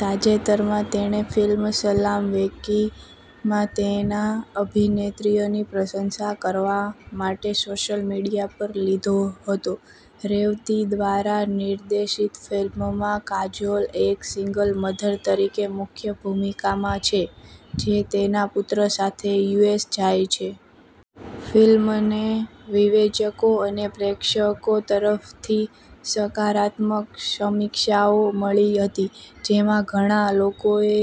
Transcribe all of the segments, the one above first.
તાજેતરમાં, તેણે ફિલ્મ 'સલામ વેંકી'માં તેના અભિનયની પ્રશંસા કરવા માટે સોશિયલ મીડિયા પર લીધો હતો. રેવતી દ્વારા નિર્દેશિતફિલ્મમાં કાજોલ એક સિંગલ મધર તરીકે મુખ્ય ભૂમિકામાં છે જે તેના પુત્ર સાથે યુએસ જાય છે. ફિલ્મને વિવેચકો અને પ્રેક્ષકો તરફથી સકારાત્મક સમીક્ષાઓ મળી હતી, જેમાં ઘણા લોકોએ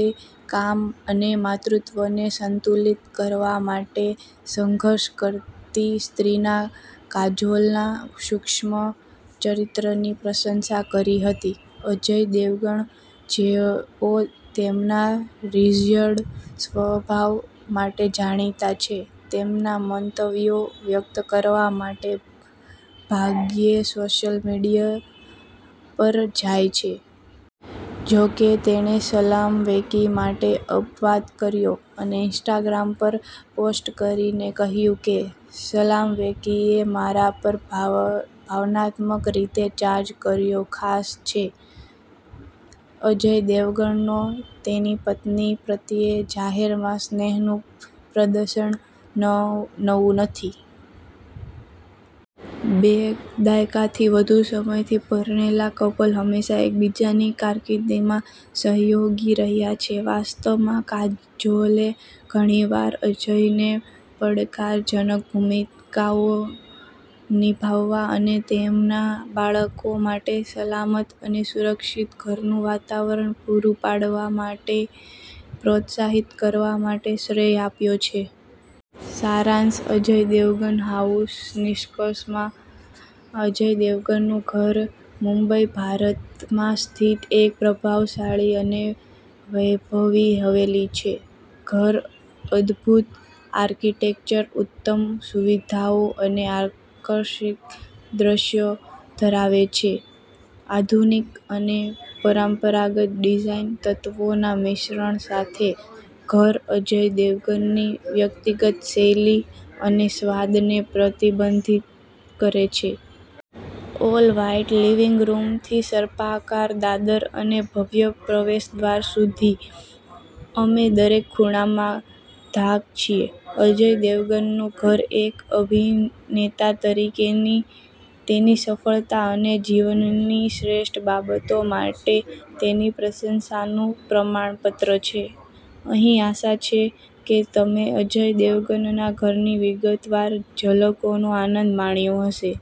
કામ અને માતૃત્વને સંતુલિત કરવા માટે સંઘર્ષ કરતી સ્ત્રીના કાજોલના સૂક્ષ્મ ચિત્રણની પ્રશંસા કરી હતી. અજય દેવગણ, જેઓ તેમના રિઝર્વ્ડ સ્વભાવ માટે જાણીતા છે, તેમના મંતવ્યો વ્યક્ત કરવા માટે ભાગ્યેસોશિયલ મીડિયા પર જાય છે. જો કે, તેણે 'સલામ વેંકી' માટે અપવાદ કર્યો, અને ઇન્સ્ટાગ્રામ પર પોસ્ટ કરીને કહ્યું કે "સલામ વેંકીએ મારા પર ભાવનાત્મક રીતે 'ચાર્જ' કર્યો. ખાસ છે. " અજય દેવગણનો તેની પત્ની પ્રત્યે જાહેરમાં સ્નેહનું પ્રદર્શન નવું નથી. બે દાયકાથી વધુ સમયથી પરણેલાકપલ હંમેશા એકબીજાની કારકિર્દીમાં સહયોગી રહ્યા છે. વાસ્તવમાં, કાજોલે ઘણીવાર અજયને પડકારજનક ભૂમિકાઓ નિભાવવા અને તેમના બાળકો માટે સલામત અને સુરક્ષિત ઘરનું વાતાવરણ પૂરું પાડવા માટે પ્રોત્સાહિત કરવા માટે શ્રેય આપ્યો છે. સારાંશઅજય દેવગન હાઉસ નિષ્કર્ષમાં, અજય દેવગણનું ઘર મુંબઈ, ભારતમાં સ્થિત એક પ્રભાવશાળી અને વૈભવી હવેલી છે. ઘર અદભૂત આર્કિટેક્ચર, ઉચ્ચતમ સુવિધાઓ અને આકર્ષક દૃશ્યો ધરાવે છે. આધુનિક અને પરંપરાગત ડિઝાઇન તત્વોના મિશ્રણ સાથે, ઘર અજય દેવગનની વ્યક્તિગત શૈલી અને સ્વાદને પ્રતિબિંબિત કરે છે. ઓલ-વ્હાઇટ લિવિંગ રૂમથી સર્પાકાર દાદર અને ભવ્ય પ્રવેશદ્વાર સુધી, અમે દરેક ખૂણામાં ધાક છીએ. અજય દેવગનનું ઘર એક અભિનેતા તરીકેની તેની સફળતા અને જીવનની શ્રેષ્ઠ બાબતો માટે તેની પ્રશંસાનું પ્રમાણપત્ર છે. અહીં આશા છે કે તમે અજય દેવગનના ઘરની વિગતવાર ઝલકનો આનંદ માણ્યો હશે.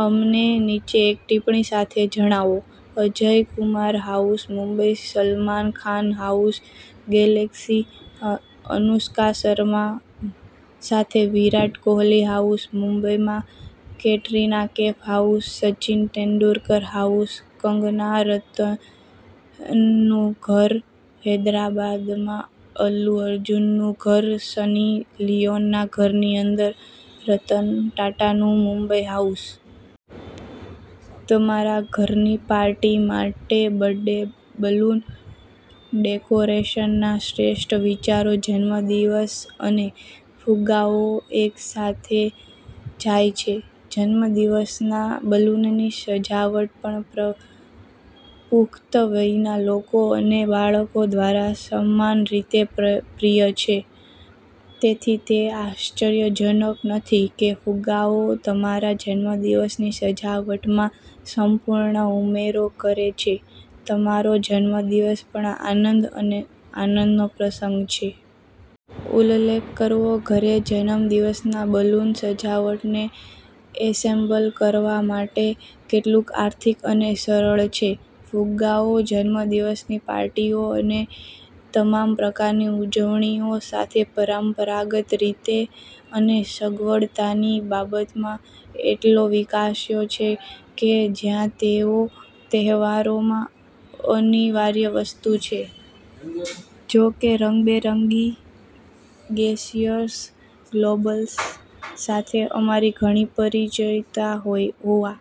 અમને નીચે એક ટિપ્પણી સાથે જણાવો. Akshay Kumar house Mumbai Salman Khan house Galaxy Anushka Sharma સાથે વિરાટ કોહલી હાઉસ મુંબઈમાં કેટરિના કૈફ હાઉસ સચિન તેંડુલકર હાઉસ કંગના રનૌતનું ઘર હૈદરાબાદમાં અલ્લુ અર્જુનનું ઘર સની લિયોનીના ઘરની અંદર રતન ટાટાનું મુંબઈ હાઉસ। તમારા ઘરની પાર્ટી માટે બર્થડે બલૂન ડેકોરેશનના શ્રેષ્ઠ વિચારો જન્મદિવસ અને ફુગ્ગાઓ એકસાથે જાય છે. જન્મદિવસના બલૂનની સજાવટ પણ પુખ્ત વયના લોકો અને બાળકો દ્વારા સમાન રીતે પ્રિય છે. તેથી, તે આશ્ચર્યજનક નથી કે ફુગ્ગાઓ તમારા જન્મદિવસની સજાવટમાં સંપૂર્ણ ઉમેરો કરે છે, તમારો જન્મદિવસ પણ આનંદ અને આનંદનો પ્રસંગ છે. ઉલ્લેખકરવો, ઘરે જન્મદિવસના બલૂન સજાવટને એસેમ્બલ કરવા માટે કેટલું આર્થિક અને સરળ છે. ફુગ્ગાઓ જન્મદિવસની પાર્ટીઓ અને તમામ પ્રકારની ઉજવણીઓ સાથે પરંપરાગત રીતે અને સગવડતાની બાબતમાં એટલો વિકસ્યો છે કે જ્યાં તેઓ તહેવારોમાં અનિવાર્ય વસ્તુ છે. જો કે, રંગબેરંગી ગેસિયસ ગ્લોબ્સ સાથે અમારી ઘણી પરિચિતતા હોવા